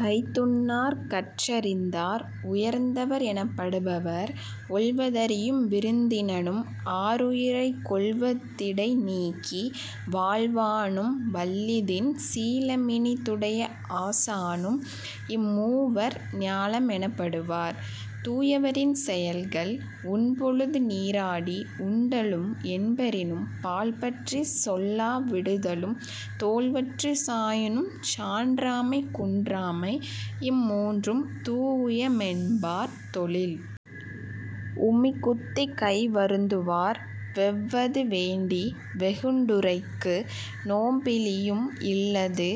கைத்துண்ணார் கற்றறிந் தார்.. உயர்ந்தவர் எனப்படுபவர் ஒல்வ தறியும் விருந்தினனும் ஆருயிரைக் கொல்வ திடைநீக்கி வாழ்வானும் வல்லிதின் சீலமினி துடைய ஆசானும் இம்மூவர் ஞாலம் எனப்படு வார்.. தூயவரின் செயல்கள் உண்பொழுது நீராடி உண்டலும் என்பெறினும் பால்பற்றிச் சொல்லா விடுதலும் தோல்வற்றிச் சாயினுஞ் சான்றாண்மை குன்றாமை இம்மூன்றும் தூஉய மென்பார் தொழில்.. உமி குத்திக் கை வருந்துவார் வெல்வது வேண்டி வெகுண்டுரைக்கு நோன்பிலியும் இல்லது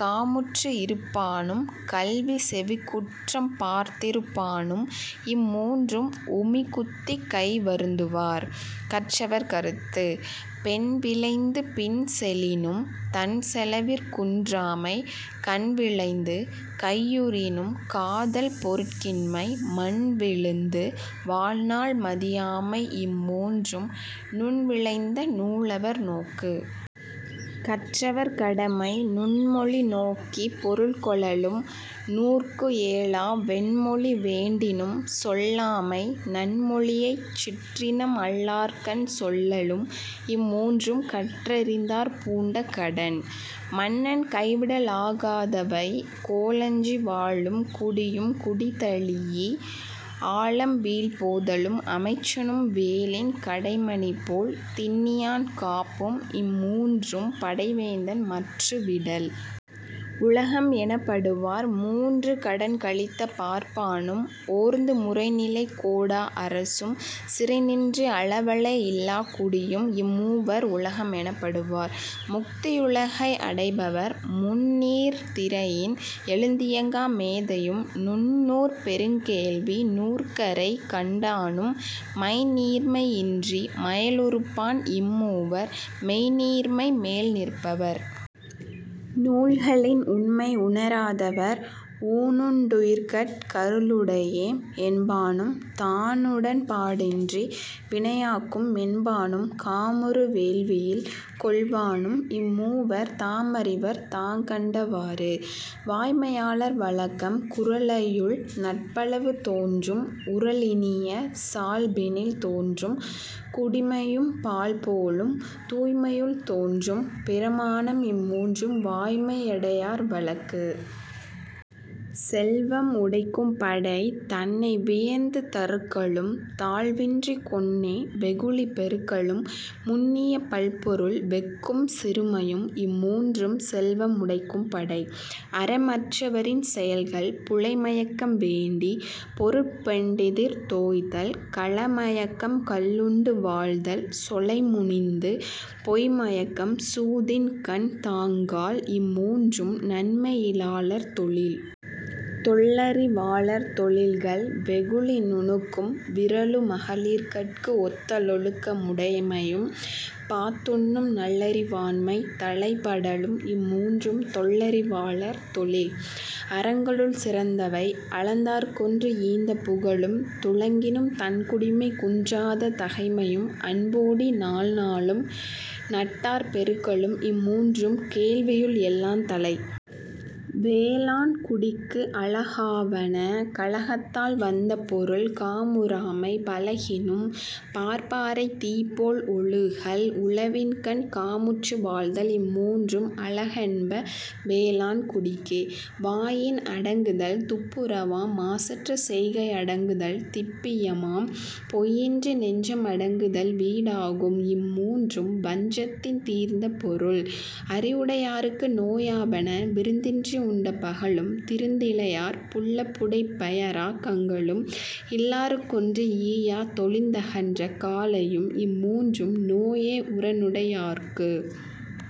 காமுற்று இருப்பானும் கல்வி செவிக்குற்றம் பார்த்திருப்பானும் இம்மூன்றும் உமிக்குத்திக் கைவருந்துவார்.. கற்றவர் கருத்து. பெண்விழைந்து பின்செலினும் தன்செலவிற் குன்றாமை கண்விழைந்து கையுறினும் காதல் பொருட்கின்மை மண்விழுந்து வாழ்நாள் மதியாமை இம்மூன்றும் நுண்விழைந்த நூலவர் நோக்கு.. கற்றவர் கடமை நுண்மொழி நோக்கிப் பொருள்கொளலும் நூற்குஏலா வெண்மொழி வேண்டினும் சொல்லாமை நன்மொழியைச் சிற்றினம் அல்லார்கண் சொல்லலும் இம்மூன்றும் கற்றறிந்தார் பூண்ட கடன்.. மன்னன் கைவிடலாகாதவை கோலஞ்சி வாழும் குடியும் குடிதழீஇ ஆலம்வீழ் போதலும் அமைச்சனும் வேலின் கடைமணிபோல் திண்ணியான் காப்பும் இம்மூன்றும் படைவேந்தன் மற்று விடல்.. உலகம் எனப்படுவார் மூன்று கடன்கழித்த பார்ப்பானும் ஓர்ந்து முறைநிலை கோடா அரசும் சிறைநின்று அலவலை இல்லாக் குடியும் இம்மூவர் உலகம் எனப்படு வார்.. முக்தியுலகை அடைபவர் முந்நீர்த் திரையின் எழுந்தியங்கா மேதையும் நுண்ணூற் பெருங்கேள்வி நூற்கரை கண்டானும் மைந்நீர்மை இன்றி மயலுறுப்பான் இம்மூவர் மெய்ந்நீர்மை மேல் நிற்பவர்.. நூல்களின் உண்மை உணராதவர் ஊனுண் டுயிர்கட் கருளுடையேம் என்பானும் தானுடன்பா டின்றி வினையாக்கும் மென்பானும் காமுறு வேள்வியில் கொல்வானும் இம்மூவர் தாமறிவர் தாங்கண்ட வாறு.. வாய்மையாளர் வழக்கம் குறளையுள் நட்பளவு தோன்றும் உறலினிய சால்பினில் தோன்றும் குடிமையும் பால்போலும் தூய்மையுள் தோன்றும் பிரமாணம் இம்மூன்றும் வாய்மை யடையார் வழக்கு.. செல்வம் உடைக்கும் படை தன்னை வியந்து தருக்கலும் தாழ்வின்றிக் கொன்னே வெகுளி பெருக்கலும் முன்னிய பல்பொருள் வெஃகும் சிறுமையும் இம்மூன்றும் செல்வம் உடைக்கும் படை.. அறம் அற்றவரின் செயல்கள் புலைமயக்கம் வேண்டிப் பொருட்பெண்டிர்த் தோய்தல் கலமயக்கம் கள்ளுண்டு வாழ்தல் சொலைமுனிந்து பொய்ம்மயக்கம் சூதின் கண்தாங்கால் இம்மூன்றும் நன்மையிலாளர் தொழில்.. தொல்லறிவாளர் தொழில்கள் வெகுளி நுணுக்கும் விறலு மகளிர்கட்கு ஒத்த லொழுக்கம் உடைமையும் பாத்துண்ணும் நல்லறி வாண்மை தலைப்படலும் இம்மூன்றும் தொல்லறிவாளர் தொழில்.. அறங்களுள் சிறந்தவை அலந்தார்க்கொன்று ஈந்த புகழும் துளங்கினும் தன்குடிமை குன்றாத் தகைமையும் அன்போடி நாள்நாளும் நட்டார்ப் பெருக்கலும் இம்மூன்றும் கேள்வியுள் எல்லாந் தலை.. வேளாண்குடிக்கு அழகாவன கழகத்தால் வந்த பொருள் காமுறாமை பழகினும் பார்ப்பாரைத் தீப்போல் ஒழுகல் உழவின்கண் காமுற்று வாழ்தல் இம்மூன்றும் அழகென்ப வேளாண் குடிக்கு. வாயின் அடங்குதல் துப்புரவாம் மாசற்ற செய்கை அடங்குதல் திப்பியமாம் பொய்யின்றி நெஞ்சம் அடங்குதல் வீடாகும் இம்மூன்றும் வஞ்சத்தின் தீர்ந்த பொருள்.. அறிவுடையார்க்கு நோய் ஆவன விருந்தின்றி உண்ட பகலும் திருந்திழையார் புல்லப்புடை பெயராக் கங்குலும் இல்லார்க்கொன்று ஈயா தொழிந்தகன்ற காலையும் இம்மூன்றும் நோயே உரன்னுடையார்க்கு..